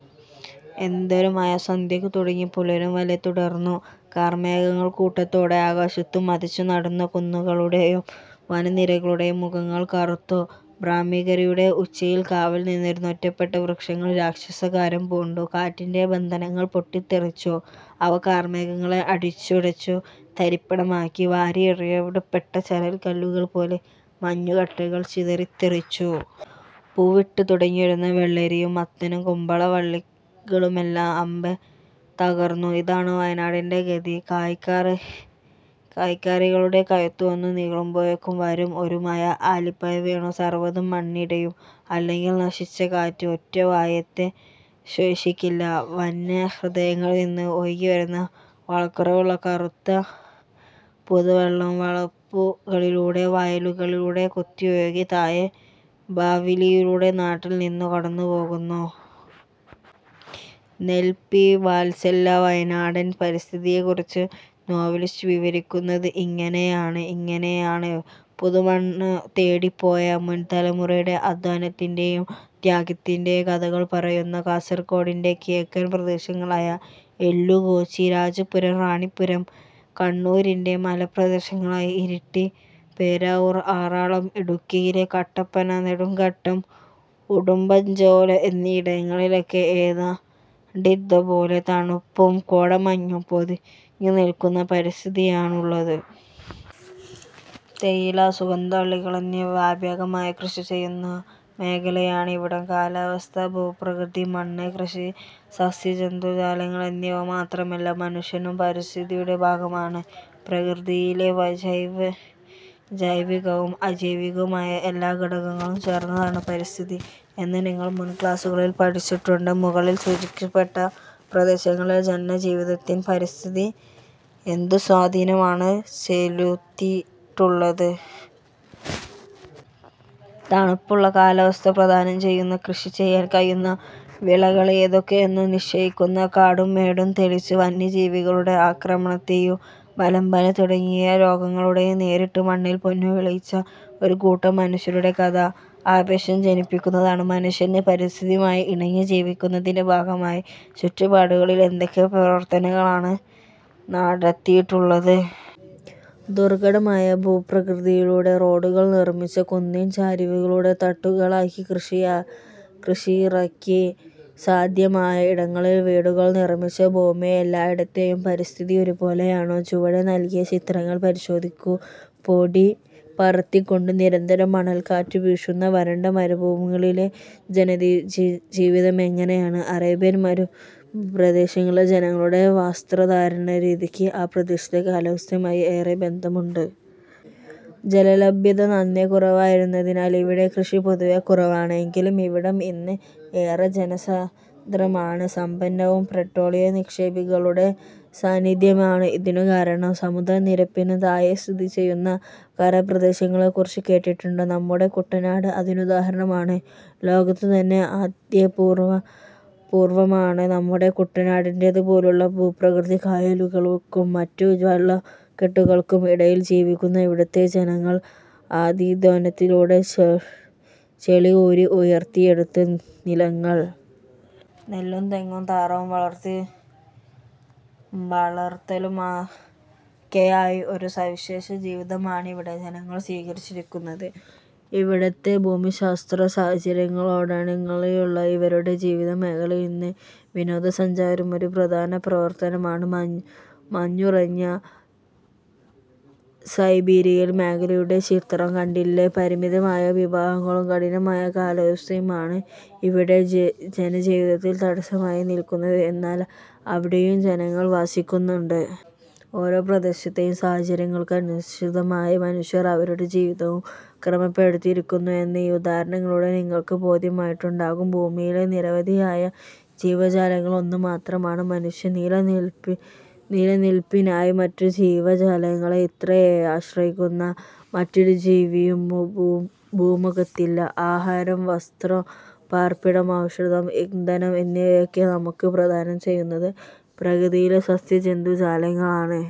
എന്തൊരു മഴ! സന്ധ്യക്കു തുടങ്ങി പുലരും വരെ തുടർന്നു. കാർമേഘങ്ങൾ കൂട്ടത്തോടെ ആകാശത്തു മദിച്ചു നടന്നു. കുന്നുകളുടെയും വനനിരകളുടെയും മുഖങ്ങൾ കറുത്തു. ബ്രഹ്മഗിരിയുടെ ഉച്ചിയിൽ കാവൽ നിന്നിരുന്ന ഒറ്റപ്പെട്ട വൃക്ഷങ്ങൾ രാക്ഷസാകാരം പൂണ്ടു. കാറ്റിന്റെ ബന്ധനങ്ങൾ പൊട്ടിത്തെറിച്ചു. അവ കാർമേഘങ്ങളെ അടിച്ചുടച്ചു തരിപ്പണമാക്കി. വാരിയെറിയപ്പെട്ട ചരൽക്കല്ലുകൾപോലെ, മഞ്ഞുകട്ടകൾ ചിതറിത്തെറിച്ചു. പൂവിട്ടു തുടങ്ങിയിരുന്ന വെള്ളരിയും മത്തനും കുമ്പള വള്ളികളുമെല്ലാം അമ്പേ തകർന്നു.... ഇതാണ് വയനാടിന്റെ ഗതി. കായ്കറികളുടെ കഴുത്ത് ഒന്നു നീളുമ്പോഴേക്കും വരും, ഒരു മഴ ആലിപ്പഴം വീണു സർവതും മണ്ണടിയും. അല്ലെങ്കിൽ നശിച്ച കാറ്റ്! ഒറ്റ വാഴത്തൈ ശേഷിക്കില്ല. വനഹൃദയങ്ങളിൽനിന്ന് ഒഴുകിവരുന്ന വളക്കൂറുള്ള കറുത്ത പുതുവെള്ളം വളപ്പുകളിലൂടെ, വയലുകളിലൂടെ കുത്തിയൊഴുകി താഴെ ബാവലിയിലൂടെ നാട്ടിൽനിന്നു കടന്നുപോകുന്നു. നെല്ല്, പി. വത്സല. വയനാടൻ പരിസ്ഥിതിയെക്കുറിച്ച് നോവലിസ്റ്റ് വിവരിക്കുന്നത് ഇങ്ങനെയാണ്. പുതുമണ്ണുതേടിപ്പോയ മുൻതലമുറയുടെ അധ്വാനത്തിന്റെയും ത്യാഗത്തിന്റെയും കഥകൾ പറയുന്ന കാസർകോടിന്റെ കിഴക്കൻ പ്രദേശങ്ങളായ എല്ലുകോച്ചി, രാജപുരം, റാണിപുരം, കണ്ണൂരിന്റെ മലമ്പ്രദേശങ്ങളായ ഇരിട്ടി, പേരാവൂർ, ആറളം, ഇടുക്കിയിലെ കട്ടപ്പന, നെടുങ്കണ്ടം, ഉടുമ്പഞ്ചോല എന്നിവിടങ്ങളിലൊക്കെ ഏതാണ്ടിതുപോലെ തണുപ്പും കോടമഞ്ഞും പൊതിഞ്ഞുനിൽക്കുന്ന പരിസ്ഥിതിയാണുള്ളത്. തേയില, സുഗന്ധവിളകൾ എന്നിവ വ്യാപകമായി കൃഷിചെയ്യുന്ന മേഖലയാണിവിടം. കാലാവസ്ഥ, ഭൂപ്രകൃതി, മണ്ണ്, കൃഷി, സസ്യജന്തുജാലങ്ങൾ എന്നിവ മാത്രമല്ല, മനുഷ്യനും പരിസ്ഥിതിയുടെ ഭാഗമാണ്. പ്രകൃതിയിലെ ജൈവികവും അജൈവികവുമായ എല്ലാ ഘടകങ്ങളും ചേർന്നതാണ് പരിസ്ഥിതി എന്നു നിങ്ങൾ മുൻക്ലാസുകളിൽ പഠിച്ചിട്ടുണ്ട്. മുകളിൽ സൂചിപ്പിച്ചിട്ടുള്ള പ്രദേശങ്ങളിലെ ജനജീവിതത്തിൽ പരിസ്ഥിതി എന്തു സ്വാധീനമാണ് ചെലുത്തിയിട്ടുള്ളത്? തണുപ്പുള്ള കാലാവസ്ഥ പ്രദാനം ചെയ്യുന്നു. കൃഷിചെയ്യാൻ കഴിയുന്ന വിളകൾ ഏതൊക്കെ എന്നു നിശ്ചയിക്കുന്നു. കാടും മേടും തെളിച്ച് വന്യജീവികളുടെ ആക്രമണത്തെയും മലമ്പനി തുടങ്ങിയ രോഗങ്ങളെയും നേരിട്ട് മണ്ണിൽ പൊന്നുവിളയിച്ച ഒരു കൂട്ടം മനുഷ്യരുടെ കഥ ആവേശം ജനിപ്പിക്കുന്നതാണ്. മനുഷ്യൻ പരിസ്ഥിതിയുമായി ഇണങ്ങി ജീവിക്കുന്നതിന്റെ ഭാഗമായി ചുറ്റുപാടുകളിൽ എന്തൊക്കെ പ്രവർത്തനങ്ങളാണ് നടത്തിയിട്ടുള്ളത്? ദുർഘടമായ ഭൂപ്രകൃതിയിലൂടെ റോഡുകൾ നിർമിച്ചു. കുന്നിൻചരിവുകളെ തട്ടുകളാക്കി കൃഷിയിറക്കി. സാധ്യമായ ഇടങ്ങളിൽ വീടുകൾ നിർമിച്ചു. ഭൂമിയിൽ എല്ലായിടത്തെയും പരിസ്ഥിതി ഒരുപോലെയാണോ? ചുവടെ നൽകിയ ചിത്രങ്ങൾ പരിശോധിക്കൂ. പൊടി പറത്തിക്കൊണ്ട് നിരന്തരം മണൽക്കാറ്റു വീശുന്ന വരണ്ട മരുഭൂമികളിലെ ജനജീവിതം എങ്ങനെയാണ്? അറേബ്യൻ മരുപ്രദേശങ്ങളിലെ ജനങ്ങളുടെ വസ്ത്രധാരണരീതിക്ക് ആ പ്രദേശത്തെ കാലാവസ്ഥയുമായി ഏറെ ബന്ധമുണ്ട്. ജലലഭ്യത നന്നേ കുറവായിരുന്നതിനാൽ ഇവിടെ കൃഷി പൊതുവെ കുറവാണ്. എങ്കിലും ഇവിടം ഇന്ന് ഏറെ ജനസാന്ദ്രമാണ്; സമ്പന്നവും. പെട്രോളിയം നിക്ഷേപങ്ങളുടെ സാന്നിധ്യമാണ് ഇതിനു കാരണം. സമുദ്രനിരപ്പിനും താഴെ സ്ഥിതിചെയ്യുന്ന കരപ്രദേശങ്ങളെക്കുറിച്ച് കേട്ടിട്ടുണ്ടോ? നമ്മുടെ കുട്ടനാട് അതിനുദാഹരണമാണ്. ലോകത്തുതന്നെ അത്യ പൂർവമാണ് നമ്മുടെ കുട്ടനാടിന്റേതുപോലുള്ള ഭൂപ്രകൃതി. കായലുകൾക്കും മറ്റു വെള്ളക്കെട്ടുകൾക്കും ഇടയിൽ ജീവിക്കുന്ന ഇവിടത്തെ ജനങ്ങൾ അത്യധ്വാനത്തിലൂടെ ചെളികോരി ഉയർത്തിയെടുത്ത നിലങ്ങൾ. നെല്ലും തെങ്ങും താറാവു വളർത്തലുമൊക്കെയായി ഒരു സവിശേഷ ജീവിതമാണിവിടെ ജനങ്ങൾ സ്വീകരിച്ചിരിക്കുന്നത്. ഇവിടത്തെ ഭൂമിശാസ്ത്രസാഹചര്യങ്ങളോടിണങ്ങിയുള്ള ഇവരുടെ ജീവിതമേഖലയിൽ ഇന്ന് വിനോദസഞ്ചാരവും ഒരു പ്രധാന പ്രവർത്തനമാണ്. മഞ്ഞുറഞ്ഞ സൈബീരിയൻ മേഖലയുടെ ചിത്രം കണ്ടില്ലേ. പരിമിതമായ വിഭവങ്ങളും കഠിനമായ കാലാവസ്ഥയുമാണ് ഇവിടെ ജനജീവിതത്തിന് തടസ്സമായി നിൽക്കുന്നത്. എന്നാൽ അവിടെയും ജനങ്ങൾ വസിക്കുന്നുണ്ട്. ഓരോ പ്രദേശത്തെയും സാഹചര്യങ്ങൾക്കനുസൃതമായി മനുഷ്യർ അവരുടെ ജീവിതവും ക്രമപ്പെടുത്തിയിരിക്കുന്നു എന്ന് ഈ ഉദാഹരണങ്ങളിലൂടെ നിങ്ങൾക്ക് ബോധ്യമായിട്ടുണ്ടാകും. ഭൂമിയിലെ നിരവധിയായ ജീവജാലങ്ങളിൽ ഒന്നുമാത്രമാണ് മനുഷ്യൻ. നില നിൽപ്പിനായി മറ്റു ജീവജാലങ്ങളെ ഇത്രയേറെ ആശ്രയിക്കുന്ന മറ്റൊരു ജീവിയും ഭൂമുഖത്തില്ല. ആഹാരം, വസ്ത്രം, പാർപ്പിടം, ഔഷധം, ഇന്ധനം എന്നിവയൊക്കെ നമുക്ക് പ്രദാനം ചെയ്യുന്നത് പ്രകൃതിയിലെ സസ്യജന്തു ജാലങ്ങളാണ്.